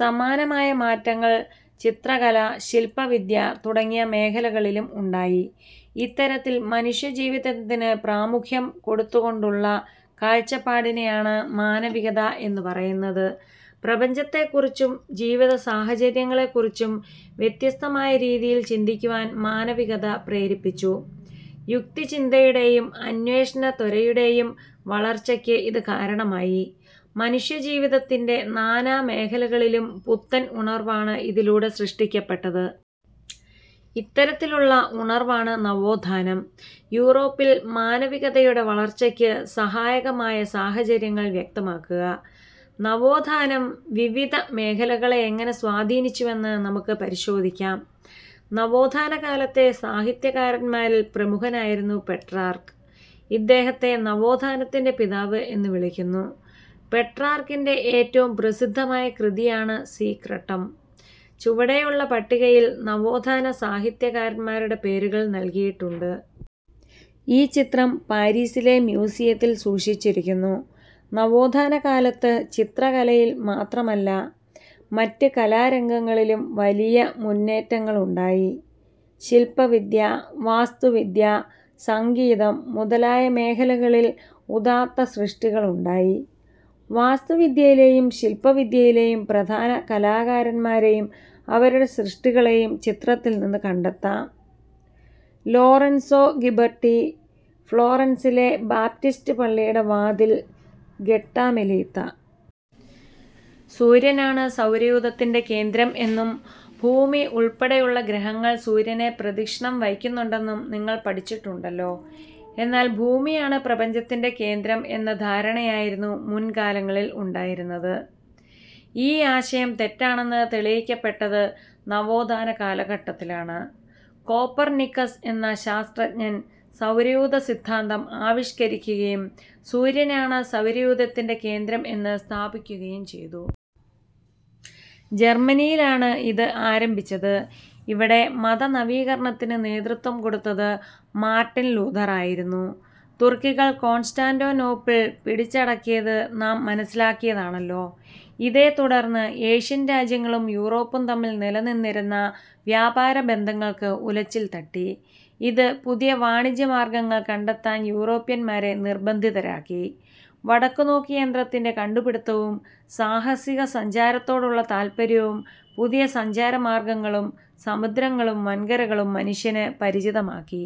സമാനമായ മാറ്റങ്ങൾ ചിത്രകല, ശില്പവിദ്യ തുടങ്ങിയ മേഖലകളിലും ഉണ്ടായി. ഇത്തരത്തിൽ മനുഷ്യജീവിതത്തിന് പ്രാമുഖ്യം കൊടുത്തുകൊണ്ടുള്ള കാഴ്ചപ്പാടിനെയാണ് മാനവികത എന്ന് പറയുന്നത് പ്രപഞ്ചത്തെക്കുറിച്ചും ജീവിതസാഹചര്യങ്ങളെക്കുറിച്ചും വ്യത്യസ്തമായ രീതിയിൽ ചിന്തിക്കുവാൻ മാനവികത പ്രേരിപ്പിച്ചു. യുക്തിചിന്തയുടെയും അന്വേഷണത്വരയുടെയും വളർച്ചയ്ക്ക് ഇത് കാരണമായി. മനുഷ്യജീവിതത്തിന്റെ നാനാമേഖലകളിലും പുത്തൻ ഉണർവാണ് ഇതിലൂടെ സൃഷ്ടിക്കപ്പെട്ടത്. ഇത്തരത്തിലുണ്ടായ ഉണർവാണ് നവോത്ഥാനം. യൂറോപ്പിൽ മാനവികതയുടെ വളർച്ചയ്ക്ക് സഹായകമായ സാഹചര്യങ്ങൾ വ്യക്തമാക്കുക. നവോത്ഥാനം വിവിധ മേഖലകളെ എങ്ങനെ സ്വാധീനിച്ചുവെന്ന് നമുക്ക് പരിശോധിക്കാം. നവോത്ഥാനകാലത്തെ സാഹിത്യകാരന്മാരിൽ പ്രമുഖനായിരുന്നു പെട്രാർക്ക്. ഇദ്ദേഹത്തെ "നവോത്ഥാനത്തിന്റെ പിതാവ്' എന്ന് വിളിക്കുന്നു. പെട്രാർക്കിന്റെ ഏറ്റവും പ്രസിദ്ധമായ കൃതിയാണ് സീക്രട്ടം. ചുവടെയുള്ള പട്ടികയിൽ നവോത്ഥാന സാഹിത്യകാരന്മാരുടെ പേരുകൾ നൽകിയിട്ടുണ്ട്. ഈ ചിത്രം പാരീസിലെ മ്യൂസിയത്തിൽ സൂക്ഷിച്ചിരിക്കുന്നു. നവോഥാന കാലത്തു ചിത്രകലയിൽ മാത്രമല്ല, മറ്റു കലാരംഗങ്ങളിലും വലിയ മുന്നേറ്റങ്ങളുണ്ടായി. ശില്പവിദ്യ, വാസ്തുവിദ്യ, സംഗീതം മുതലായ മേഖലകളിൽ ഉദാത്ത സൃഷ്ടികളുണ്ടായി. വാസ്തുവിദ്യയിലെയും ശില്പവിദ്യയിലെയും പ്രധാന കലാകാരന്മാരെയും അവരുടെ സൃഷ്ടികളെയും ചിത്രങ്ങളിൽനിന്ന് കണ്ടെത്താം. ലോറൻസൊ ഗിബർട്ടി, ഫ്ളോറൻസിലെ ബാപ്റ്റിസ്റ്റ് പള്ളിയുടെ വാതിൽ, ഗട്ടാമെലീത്ത. സൂര്യനാണ് സൗരയൂഥത്തിന്റെ കേന്ദ്രം എന്നും ഭൂമിയുൾപ്പെടെയുള്ള ഗ്രഹങ്ങൾ സൂര്യനെ പ്രദക്ഷിണം വയ്ക്കുന്നുണ്ടെന്നും നിങ്ങൾ പഠിച്ചിട്ടുണ്ടല്ലോ. എന്നാൽ ഭൂമിയാണ് പ്രപഞ്ചത്തിന്റെ കേന്ദ്രം എന്ന ധാരണയായിരുന്നു മുൻകാലങ്ങളിൽ ഉണ്ടായിരുന്നത്. ഈ ആശയം തെറ്റാണെന്ന് തെളിയിക്കപ്പെട്ടത് നവോത്ഥാന കാലഘട്ടത്തിലാണ്. കോപ്പർനിക്കസ് എന്ന ശാസ്ത്രജ്ഞൻ സൗരയൂഥസിദ്ധാന്തം ആവിഷ്കരിക്കുകയും സൂര്യനാണ് സൗരയൂഥത്തിന്റെ കേന്ദ്രം എന്ന് സ്ഥാപിക്കുകയും ചെയ്തു. ജർമ്മനിയിലാണ് ഇത് ആരംഭിച്ചത്. ഇവിടെ മതനവീകരണത്തിന് നേതൃത്വം കൊടുത്തത് മാർട്ടിൻ ലൂഥറായിരുന്നു. തുർക്കികൾ കോൺസ്റ്റാന്റിനോപ്പിൾ പിടിച്ചടക്കിയത് നാം മനസ്സിലാക്കിയതാണല്ലോ. ഇതേത്തുടർന്ന് ഏഷ്യൻ രാജ്യങ്ങളും യൂറോപ്പും തമ്മിൽ നിലനിന്നിരുന്ന വ്യാപാരബന്ധങ്ങൾക്ക് ഉലച്ചിൽ തട്ടി. ഇത് പുതിയ വാണിജ്യ മാർഗ്ഗങ്ങൾ കണ്ടെത്താൻ യൂറോപ്യൻമാരെ നിർബന്ധിതരാക്കി. വടക്കുനോക്കിയന്ത്രത്തിന്റെ കണ്ടുപിടിത്തവും സാഹസികസഞ്ചാരത്തോടുള്ള താൽപ്പര്യവും പുതിയ സഞ്ചാരമാർഗ്ഗങ്ങളും സമുദ്രങ്ങളും വൻകരകളും മനുഷ്യന് പരിചിതമാക്കി.